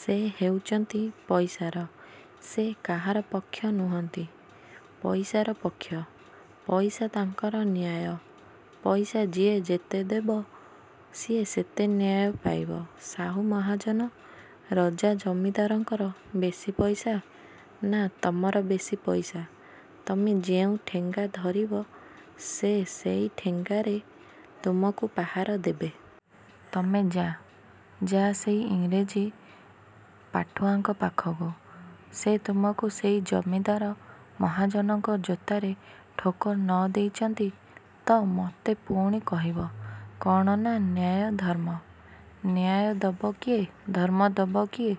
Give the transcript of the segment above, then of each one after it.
ସେ ହେଉଚନ୍ତି ପଇସାର। ସେ କାହାର ପକ୍ଷ ନୁହନ୍ତି ପଇସାର ପକ୍ଷ। ପଇସା ତାଙ୍କର ନ୍ୟାୟ। ପଇସା ଯିଏ ଯେତେଦବ ସିଏ ସେତେ ନ୍ୟାୟ ପାଇବ। ସାହୁ ମହାଜନ, ରଜା ଜମିଦାରଙ୍କର ବେଶି ପଇସା ନା ତମର ବେଶି ପଇସା? ତମେ ଯେଉଁ ଠେଙ୍ଗା ଧରିବ ସେ ସେଇ ଠେଙ୍ଗାରେ ତମକୁ ପାହାର ଦେବେ। ତମେ। ଯା–ଯା ସେଇ ଇଂରେଜୀ ପାଠୁଆଙ୍କ ପାଖକୁ। ସେ ତମକୁ ସେଇ ଜମିଦାର ମହାଜନଙ୍କ ଜୋତାରେ ଠୋକର ନ ଦେଇଚନ୍ତି ତ ମୋତେ ପୁଣି କହିବ। କ'ଣ ନା–ନ୍ୟାୟ, ଧର୍ମ। ନ୍ୟାୟ ଦବ କିଏ? ଧର୍ମ ଦବ କିଏ?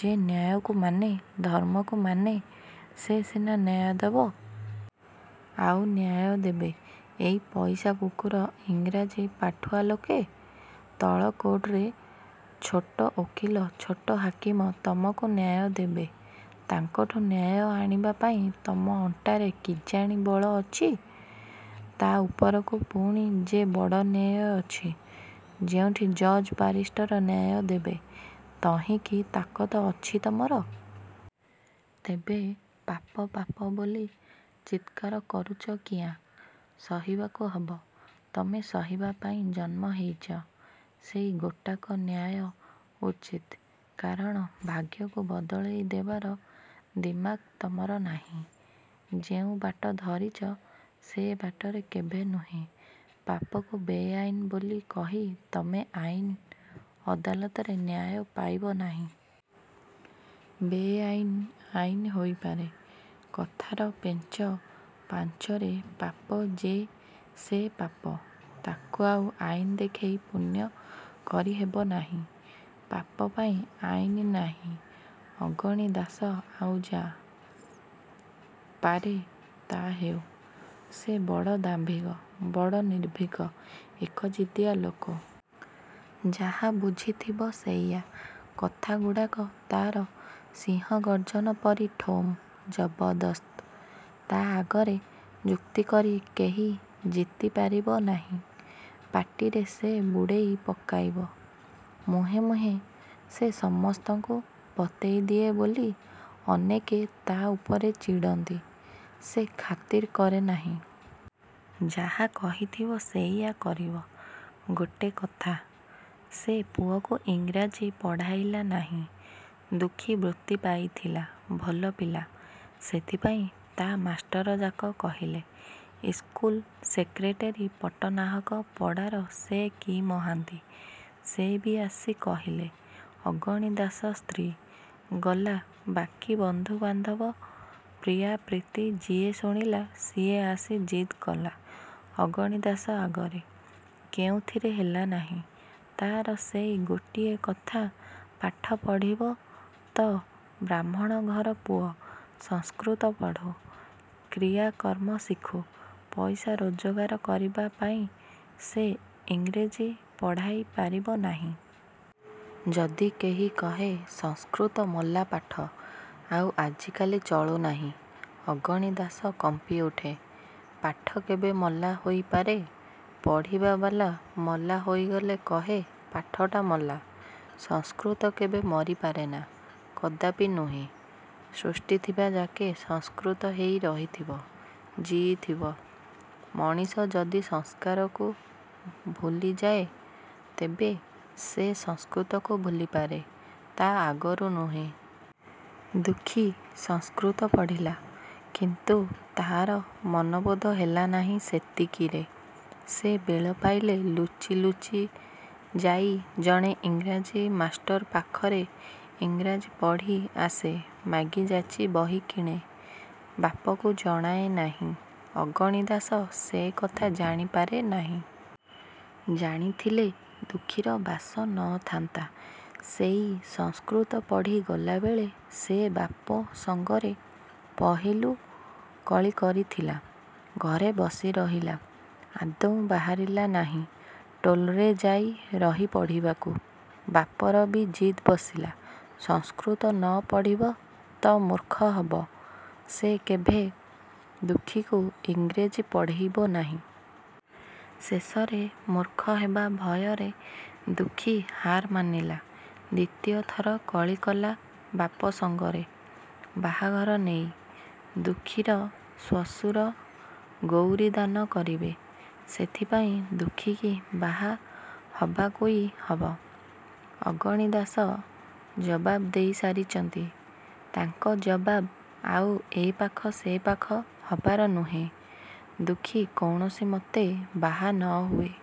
ଯେ ନ୍ୟାୟକୁ ମାନେ, ଧର୍ମକୁ ମାନେ, ସେ ସିନା ନ୍ୟାୟ ଦବ। ଆଉ ନ୍ୟାୟ ଦେବେ ଏଇ ପଇସା କୁକୁର ଇଂରାଜୀ ପାଠୁଆ ଲୋକେ? ତଳ କୋଟ୍ରେ ଛୋଟ ଓକିଲ ଛୋଟ ହାକିମ ତମକୁ ନ୍ୟାୟ ଦେବେ। ତାଙ୍କଠୁ ନ୍ୟାୟ ଆଣିବାପାଇଁ ତମ ଅଣ୍ଟାରେ କିଜାଣି ବଳ ଅଛି। ତା' ଉପରକୁ ପୁଣି ଯେ ବଡ଼ ନ୍ୟାୟ ଅଛି ଯେଉଁଠି ଜଜ୍ ବାରିଷ୍ଟର ନ୍ୟାୟ ଦେବେ–ତହିଁକି ତାକତ ଅଛି ତମର? ତେବେ ପାପ ପାପ ବୋଲି ଚିତ୍କାର କରୁଚ କିଆଁ? ସହିବାକୁ ହବ। ତମେ ସହିବାପାଇଁ ଜନ୍ମ ହେଇଚ। ସେଇ ଗୋଟାକ ନ୍ୟାୟ–ଉଚିତ। କାରଣ ଭାଗ୍ୟକୁ ବଦଳେଇ ଦେବାର ଦିମାକ ତମର ନାହିଁ। ଯେଉଁ ବାଟ ଧରିଚ ସେ ବାଟରେ କେଭେ ନୁହେଁ। ପାପକୁ ବେଆଇନ୍ ବୋଲି କହି ତମେ ଆଇନ ଅଦାଲତରେ ନ୍ୟାୟ ପାଇବ ନାହିଁ। ବେଆଇନ୍ ଆଇନ ହୋଇପାରେ କଥାର ପେଞ୍ଚ ପାଞ୍ଚରେ ପାପ ଯେ ସେ ପାପ। ତାକୁ ଆଉ ଆଇନ ଦେଖେ ଇ ପୁଣ୍ୟ କରି ହେବ ନାହିଁ। ପାପପାଇଁ ଆଇନ ନାହିଁ। '' ଅଗଣି ଦାଶ ଆଉ ଯା' ପାରେ ତା' ହେଉ ସେ ବଡ଼ ଦାମ୍ଭିକ ବଡ଼ ନିର୍ଭୀକ। ଏକଜିଦିଆ ଲୋକ। ଯାହା ବୁଝିଥିବ ସେଇୟା। କଥାଗୁଡ଼ାକ ତା'ର ସିଂହ ଗର୍ଜନ ପରି ଠୋମ୍–ଜବରଦସ୍ତ। ତା' ଆଗରେ ଯୁକ୍ତି କରି କେହି ଜିତି ପାରିବ ନାହିଁ। ପାଟିରେ ସେ ବୁଡ଼େଇ ପକାଇବ-। ମୁହେଁ ମୁହେଁ ସେ ସମସ୍ତଙ୍କୁ ବତେଇ ଦିଏ ବୋଲି ଅନେକେ ତା' ଉପରେ ଚିଡ଼ନ୍ତି। ସେ ଖାତିର କରେ ନାହିଁ। ଯାହା କହିଥିବ ସେଇୟା କରିବ। ଗୋଟେ କଥା। ସେ ପୁଅକୁ ଇଂରାଜୀ ପଢ଼ାଇଲା ନାହିଁ। ଦୁଃଖୀ ବୃତ୍ତି ପାଇଥିଲା–ଭଲ ପିଲା–ସେଥିପାଇଁ ତା' ମାଷ୍ଟରଯାକ କହିଲେ, ଇସ୍କୁଲ ସେକ୍ରେଟେରୀ ପଟ୍ଟନାହାକ ପଡ଼ାର ସେ କି ମହାନ୍ତି, ସେ ବି ଆସି କହିଲେ, ଅଗଣି ଦାଶ ସ୍ତ୍ରୀ, ଗଲା ବାକି ବନ୍ଧୁବାନ୍ଧବ ପ୍ରିୟାପ୍ରୀତି ଯିଏ ଶୁଣିଲା ସିଏ ଆସି ଜିଦ୍ କଲା ଅଗଣି ଦାଶ ଆଗରେ–କେଉଁଥିରେ ହେଲା ନାହିଁ, ତା'ର ସେଇ ଗୋଟିଏ କଥା ପାଠ ପଢ଼ିବ ତ ବାହ୍ମଣ ଘର ପୁଅ ସଂସ୍କୃତ ପଢ଼ୁ–କ୍ରିୟାକର୍ମ ଶିଖୁ–ପଇସା ରୋଜଗାର କରିବାପାଇଁ ସେ ଇଂରେଜୀ ପଢ଼ାଇ ପାରିବ ନାହିଁ। ଯଦି କେହି କହେ–'ସଂସ୍କୃତ ମଲା ପାଠ–ଆଉ ଆଜିକାଲି ଚଳୁ ନାହିଁ' ଅଗଣି ଦାଶ କମ୍ପି ଉଠେ–ପାଠ କେବେ ମଲା ହୋଇପାରେ–ପଢ଼ିବାବାଲା ମଲା ହୋଇଗଲେ କହେ ପାଠଟା ମଲା। ସଂସ୍କୃତ କେବେ ମରି ପାରେନା–କଦାପି ନୁହେଁ। ସୃଷ୍ଟିଥିବା ଯାକେ ସଂସ୍କୃତ ହେଇ ରହିଥିବ–ଜିଇଥିବ। ମଣିଷ ଯଦି ସଂସ୍କାରକୁ ଭୁଲି ଯାଏଁ, ତେବେ ସେ ସଂସ୍କୃତକୁ ଭୁଲିପାରେ–ତା' ଆଗରୁ ନୁହେଁ। ଦୁଃଖୀ ସଂସ୍କୃତ ପଢ଼ିଲା। କିନ୍ତୁ ତା'ର ମନବୋଧ ହେଲା ନାହିଁ ସେତିକିରେ। ସେ ବେଳପାଇଲେ ଲୁଚି ଲୁଚି ଯାଇ ଜଣେ ଇଂରାଜୀ ମାଷ୍ଟର ପାଖରେ ଇଂରାଜୀ ପଢ଼ି ଆସେ। ମାଗି ଯାଚି ବହି କିଣେ। ବାପକୁ ଜଣାଏ ନାହିଁ। ଅଗଣି ଦାଶ ସେ କଥା ଜାଣିପାରେ ନାହିଁ। ଜାଣିଥିଲେ ଦୁଃଖୀର ବାସ ନ ଥାନ୍ତା। ସେଇ ସଂସ୍କୃତ ପଢ଼ି ଗଲାବେଳେ ସେ ବାପ ସଙ୍ଗରେ ପହିଲୁ କଳି କରିଥିଲା। ଘରେ ବସି ରହିଲା। ଆଦୌ ବାହାରିଲା ନାହିଁ–ଟୋଲ୍ରେ ଯାଇ ରହି ପଢ଼ିବାକୁ। ବାପରବି ଜିଦ୍ ବସିଲା–ସଂସ୍କୃତ ନ ପଢ଼ିବ ତ ମୂର୍ଖ ହବ–ସେ କେଭେ ଦୁଃଖୀକୁ ଇଂରେଜୀ ପଢ଼େଇବ ନାହିଁ। ଶେଷରେ ମୂର୍ଖ ହେବା ଭୟରେ ଦୁଃଖୀ ହାର ମାନିଲା। ଦ୍ୱିତୀୟ ଥର କଳିକଲା ବାପ ସଙ୍ଗରେ ବାହାଘର ନେଇ। ଦୁଃଖୀର ଶ୍ୱଶୁର ଗୌରୀ ଦାନ କରିବେ। ସେଥିପାଇଁ ଦୁଃଖୀକି ବାହା ହବାକୁଇ ହବ। ଅଗଣି ଦାଶ ଜବାବ ଦେଇ ସାରିଚନ୍ତି-। ତାଙ୍କ ଜବାବ ଆଉ ଏ ପାଖ ସେ ପାଖ ହବାର ନୁହେଁ। ଦୁଃଖୀ କୌଣସିମତେ ବାହା ନ ହୁଏ-।